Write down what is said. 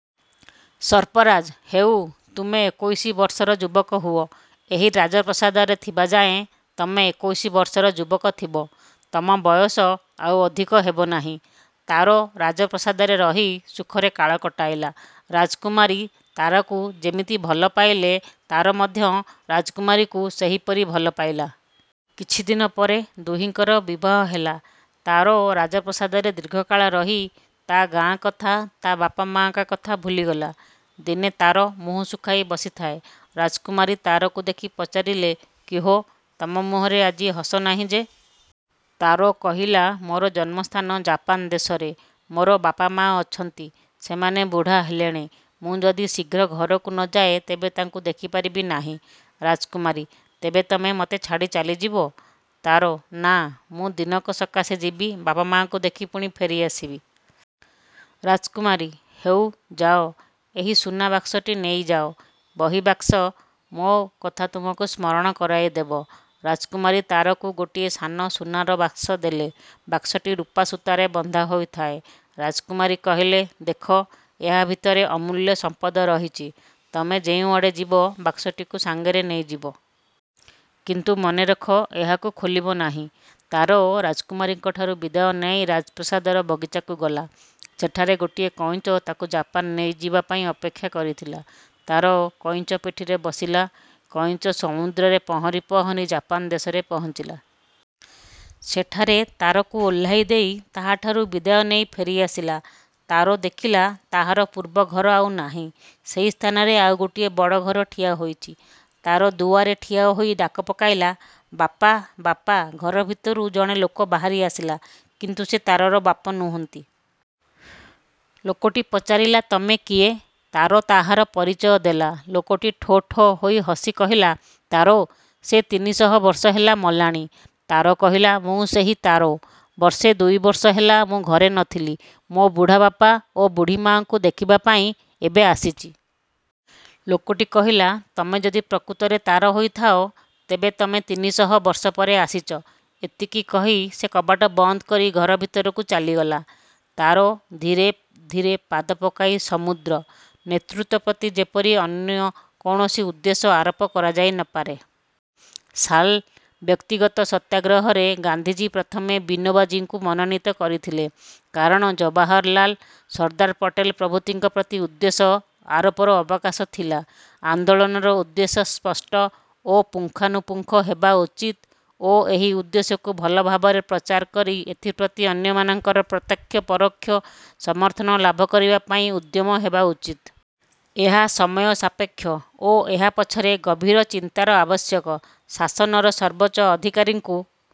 ସର୍ପରାଜ-ହେଉ, ତୁମେ ଏକୋଇଶ ବର୍ଷର ଯୁବକ ହୁଅ। ଏହି ରାଜପ୍ରାସାଦରେ ଥିବାଯାଏ ତମେ ଏକୋଇଶ ବର୍ଷର ଯୁବକ ଥିବ। ତମ ବୟସ ଆଉ ଅଧିକ ହେବ ନାହିଁ। ତାରୋ ରାଜପ୍ରାସାଦରେ ରହି ସୁଖରେ କାଳ କଟାଇଲା। ରାଜକୁମାରୀ ତାରୋକୁ ଯେମିତି ଭଲ ପାଇଲେ, ତାରୋ ମଧ୍ୟ ରାଜକୁମାରୀଙ୍କୁ ସେହିପରି ଭଲ ପାଇଲା। କିଛିଦିନ ପରେ ଦୁହିଁଙ୍କର ବିବାହ ହେଲା। ତାରୋ ରାଜପ୍ରାସାଦରେ ଦୀର୍ଘକାଳ ରହି ତା' ଗାଁ କଥା, ତା' ବାପା ମାଁ'ଙ୍କ କଥା ଭୁଲିଗଲା। ଦିନେ ତାରୋ ମୁହଁ ଶୁଖାଇ ବସିଥାଏ। ରାଜକୁମାରୀ ତାରୋକୁ ଦେଖି ପଚାରିଲେ-କି ହୋ! ତମ ମୁହଁରେ ଆଜି ହସ ନାହିଁ ଯେ! ତାରୋ କହିଲା-ମୋର ଜନ୍ମସ୍ଥାନ ଜାପାନ ଦେଶରେ। ମୋର ବାପା ମା' ଅଛନ୍ତି। ସେମାନେ ବୁଢ଼ା ହେଲେଣି। ମୁଁ ଯଦି ଶୀଘ୍ର ଘରକୁ ନ ଯାଏ ତେବେ ତାଙ୍କୁ ଦେଖିପାରିବି ନାହିଁ। ରାଜକୁମାରୀ-ତମେ ତେବେ ମୋତେ ଛାଡ଼ି ଚାଲିଯିବ? ତାରୋ-ନାଁ, ମୁଁ ଦିନକ ସକାଶେ ଯିବି। ବାପା ମା'ଙ୍କୁ ଦେଖି ପୁଣି ଫେରି ଆସିବି। ରାଜକୁମାରୀ-ହେଉ, ଯାଅ। ଏହି ସୁନା ବାକ୍ସଟି ନେଇଯାଅ। ବହି ବାକ୍ସ ମୋ କଥା ତୁମକୁ ସ୍ମରଣ କରାଇଦେବ। ରାଜକୁମାରୀ ତାରୋକୁ ଗୋଟିଏ ସାନ ସୁନାର ବାକ୍ସ ଦେଲେ। ବାକ୍ସଟି ରୂପା ସୂତାରେ ବନ୍ଧା ହୋଇଥାଏ। ରାଜକୁମାରୀ କହିଲେ-ଦେଖ! ଏହା ଭିତରେ ଅମୂଲ୍ୟ ସମ୍ପଦ ରହିଛି। ତମେ ଯେଉଁଆଡ଼େ ଯିବ, ବାକ୍ସଟିକୁ ସାଙ୍ଗରେ ନେଇଯିବ। କିନ୍ତୁ ମନେରଖ, ଏହାକୁ ଖୋଲିବ ନାହିଁ। ତାରୋ ରାଜକୁମାରୀଙ୍କ ଠାରୁ ବିଦାୟ ନେଇ ରାଜପ୍ରାସାଦର ବଗିଚାକୁ ଗଲା। ସେଠାରେ ଗୋଟିଏ କଇଁଛ ତାକୁ ଜାପାନ ନେଇଯିବା ପାଇଁ ଅପେକ୍ଷା କରିଥିଲା। ତାରୋ କଇଁଛ ପିଠିରେ ବସିଲା। କଇଁଛ ସମୁଦ୍ରରେ ପହଁରି ପହଁରି ଜାପାନ ଦେଶରେ ପହଞ୍ଚିଲା। ସେଠାରେ ତାରୋକୁ ଓହ୍ଲାଇ ଦେଇ ତାହାଠାରୁ ବିଦାୟ ନେଇ ଫେରି ଆସିଲା। ତାରୋ ଦେଖିଲା ତାହାର ପୂର୍ବ ଘର ଆଉ ନାହିଁ। ସେହି ସ୍ଥାନରେ ଆଉ ଗୋଟିଏ ବଡ଼ ଘର ଠିଆ ହୋଇଛି। ତାରୋ ଦୁଆରେ ଠିଆ ହୋଇ ଡାକ ପକାଇଲା-ବାପା, ବାପା! ଘର ଭିତରୁ ଜଣେ ଲୋକ ବାହାରି ଆସିଲା, କିନ୍ତୁ ସେ ତାରୋର ବାପା ନୁହନ୍ତି। ଲୋକଟି ପଚାରିଲା-ତମେ କିଏ? ତାରୋ ତାହାର ପରିଚୟ ଦେଲା। ଲୋକଟି ଠୋ ଠୋ ହୋଇ ହସି କହିଲା-ତାରୋ! ସେ ତିନିଶହ ବର୍ଷ ହେଲା ମଲାଣି। ତାରୋ କହିଲା-ମୁଁ ସେହି ତାରୋ। ବର୍ଷେ ଦୁଇବର୍ଷ ହେଲା ମୁଁ ଘରେ ନ ଥିଲି। ମୋ ବୁଢ଼ାବାପା ଓ ବୁଢ଼ୀମା'ଙ୍କୁ ଦେଖିବା ପାଇଁ ଏବେ ଆସିଛି। ଲୋକଟି କହିଲା- ତମେ ଯଦି ପ୍ରକୃତରେ ତାରୋ ହୋଇଥାଅ, ତେବେ ତମେ ତିନିସହ ବର୍ଷ ପରେ ଆସିଛ। ଏତିକି କହି ସେ କବାଟ ବନ୍ଦ କରି ଘର ଭିତରକୁ ଚାଲିଗଲା। ତାରୋ ଧୀରେ ଧୀରେ ପାଦ ପକାଇ ସମୁଦ୍ର। ନେତୃତ୍ୱ ପ୍ରତି ଯେପରି କୌଣସି ଅନ୍ୟ ଉଦ୍ଦେଶ୍ୟ ଆରୋପ କରାଯାଇ ନ ପାରେ। ସାଲ ବ୍ୟକ୍ତିଗତ ସତ୍ୟାଗ୍ରହରେ ଗାନ୍ଧିଜୀ ପ୍ରଥମେ ବିନୋବାଜୀଙ୍କୁ ମନୋନୀତ କରିଥିଲେ। କାରଣ ଜବାହରଲାଲ, ସର୍ଦ୍ଦାର ପଟେଲ ପ୍ରଭୃତିଙ୍କ ପ୍ରତି ଉଦ୍ଦେଶ୍ୟ ଆରୋପର ଅବକାଶ ଥିଲା। ଆନ୍ଦୋଳନର ଉଦ୍ଦେଶ୍ୟ ସ୍ପଷ୍ଟ ଓ ପୁଙ୍ଖାନୁପୁଙ୍ଖ ହେବା ଉଚିତ ଓ ଏହି ଉଦ୍ଦେଶ୍ୟକୁ ଭଲଭାବରେ ପ୍ରଚାର କରି ଏଥିପ୍ରତି ଅନ୍ୟମାନଙ୍କର ପ୍ରତ୍ୟକ୍ଷ ପରୋକ୍ଷ ସମର୍ଥନ ଲାଭ କରିବା ପାଇଁ ଉଦ୍ୟମ ହେବା ଉଚିତ। ଏହା ସମୟ ସାପେକ୍ଷ ଓ ଏହା ପଛରେ ଗଭୀର ଚିନ୍ତାର ଆବଶ୍ୟକ। ଶାସନର ସର୍ବୋଚ୍ଚ ଅଧିକାରୀଙ୍କୁ